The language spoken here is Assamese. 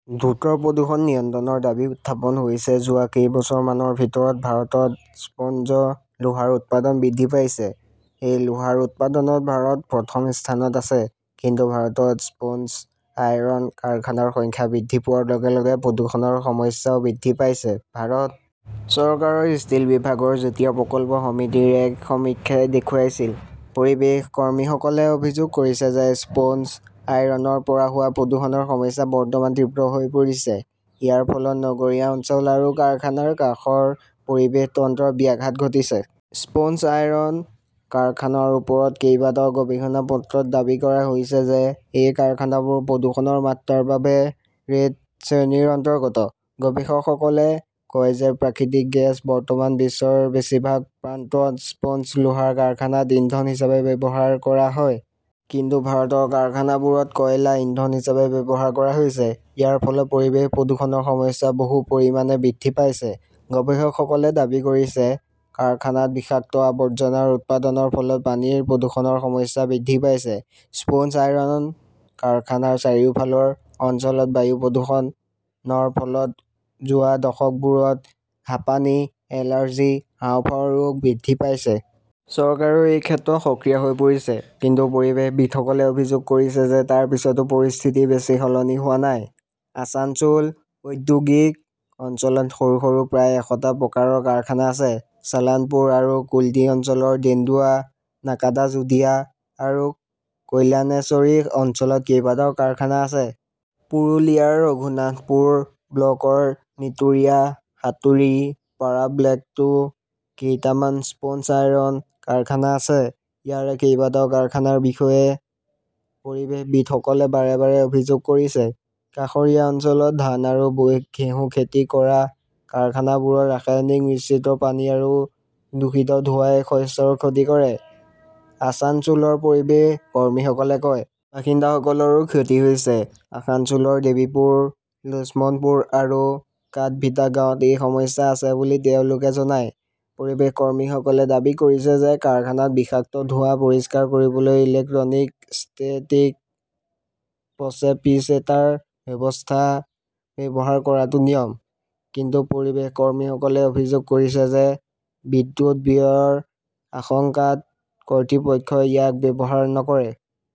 দ্ৰুত প্ৰদূষণ নিয়ন্ত্ৰণৰ দাবী উত্থাপন হৈছে যোৱা কেইবছৰমানৰ ভিতৰত ভাৰতত স্পঞ্জ লোহাৰ উৎপাদন বৃদ্ধি পাইছে। এই লোহাৰ উৎপাদনত ভাৰত প্ৰথম স্থানত আছে। কিন্তু ভাৰতত স্পঞ্জ আইৰণ কাৰখানাৰ সংখ্যা বৃদ্ধি পোৱাৰ লগে-লগে প্ৰদূষণৰ সমস্যাও বৃদ্ধি পাইছে। ভাৰত চৰকাৰৰ ষ্টীল বিভাগৰ যুটীয়া প্ৰকল্প সমিতিৰ এক সমীক্ষাই দেখুৱাইছিল। পৰিৱেশ কৰ্মীসকলে অভিযোগ কৰিছে যে স্পঞ্জ আইৰণৰ পৰা হোৱা প্ৰদূষণৰ সমস্যা বৰ্তমান তীব্ৰ হৈ পৰিছে। ইয়াৰ ফলত নগৰীয়া অঞ্চল আৰু কাৰখানাৰ কাষৰ পৰিৱেশ তন্ত্ৰত ব্যাঘাত ঘটিছে। স্পঞ্জ আইৰণ কাৰখানাৰ ওপৰত কেইবাটাও গৱেষণা পত্ৰত দাবী কৰা হৈছে যে এই কাৰখানাবোৰ প্ৰদূষণৰ মাত্ৰাৰ বাবে 'ৰেড শ্ৰেণী'ৰ অন্তৰ্গত। গৱেষকসকলে কয় যে প্ৰাকৃতিক গেছ বৰ্তমান বিশ্বৰ বেছিভাগ প্ৰান্তত স্পঞ্জ লোহাৰ কাৰখানাত ইন্ধন হিচাপে ব্যৱহাৰ কৰা হয়। কিন্তু ভাৰতৰ কাৰখানাবোৰত কয়লা ইন্ধন হিচাপে ব্যৱহাৰ কৰা হৈছে। ইয়াৰ ফলত পৰিৱেশ প্ৰদূষণৰ সমস্যা বহু পৰিমাণে বৃদ্ধি পাইছে, গৱেষকসকলে দাবী কৰিছে। কাৰখানাত বিষাক্ত আৱৰ্জনাৰ উৎপাদনৰ ফলত পানীৰ প্ৰদূষণৰ সমস্যা বৃদ্ধি পাইছে। স্পঞ্জ আইৰণ কাৰখানাৰ চাৰিওফালৰ অঞ্চলত বায়ু প্ৰদূষণৰ ফলত যোৱা দশকবোৰত হাঁপানি, এলাৰ্জি, হাঁওফাঁওৰ ৰোগ বৃদ্ধি পাইছে। চৰকাৰেও এই ক্ষেত্ৰত সক্ৰিয় হৈ পৰিছে। কিন্তু পৰিৱেশবিদসকলে অভিযোগ কৰিছে যে তাৰ পিছতো পৰিস্থিতি বেছি সলনি হোৱা নাই। আছানছোল ঔদ্যোগিক অঞ্চলত সৰু সৰু প্ৰায় এশটা প্ৰকাৰৰ কাৰখানা আছে। ছালানপুৰ আৰু কুল্টি অঞ্চলৰ ডেন্দুৱা, নাকাদাজোদিয়া আৰু কল্যাণেশ্বৰী অঞ্চলত কেইবাটাও কাৰখানা আছে। পুৰুলিয়াৰ ৰঘুনাথপুৰ ব্লকৰ নীতুৰিয়া, সাঁতুৰী, পাৰা ব্লকতো কেইটামান স্পঞ্জ আইৰণ কাৰখানা আছে। ইয়াৰে কেইবাটাও কাৰখানাৰ বিষয়ে পৰিৱেশবিদসকলে বাৰে বাৰে অভিযোগ কৰিছে। কাষৰীয়া অঞ্চলত ধান আৰু ঘেঁহু খেতি কৰা কাৰখানাবোৰত ৰাসায়নিক মিশ্ৰিত পানী আৰু দূষিত ধোঁৱাই শস্যৰ ক্ষতি কৰে, আছানছোলৰ পৰিৱেশ কৰ্মীসকলে কয়। বাসিন্দাসকলৰো ক্ষতি হৈছে। আসানছোলৰ দেৱীপুৰ, লোছমনপুৰ আৰু কাদভিটা গাঁৱত এই সমস্যা আছে বুলি তেওঁলোকে জনায়। পৰিৱেশ কৰ্মীসকলে দাবী কৰিছে যে কাৰখানাত বিষাক্ত ধোঁৱা পৰিষ্কাৰ কৰিবলৈ 'ইলেক্ট্ৰনিক ষ্টেটিক প্ৰচেপিচেটাৰ ব্যৱস্থা ব্যৱহাৰ কৰাটো নিয়ম। কিন্তু পৰিৱেশ কৰ্মীসকলে অভিযোগ কৰিছে যে বিদ্যুৎ ব্যয়ৰ আশংকাত কৰ্তৃপক্ষই ইয়াক ব্যৱহাৰ নকৰে।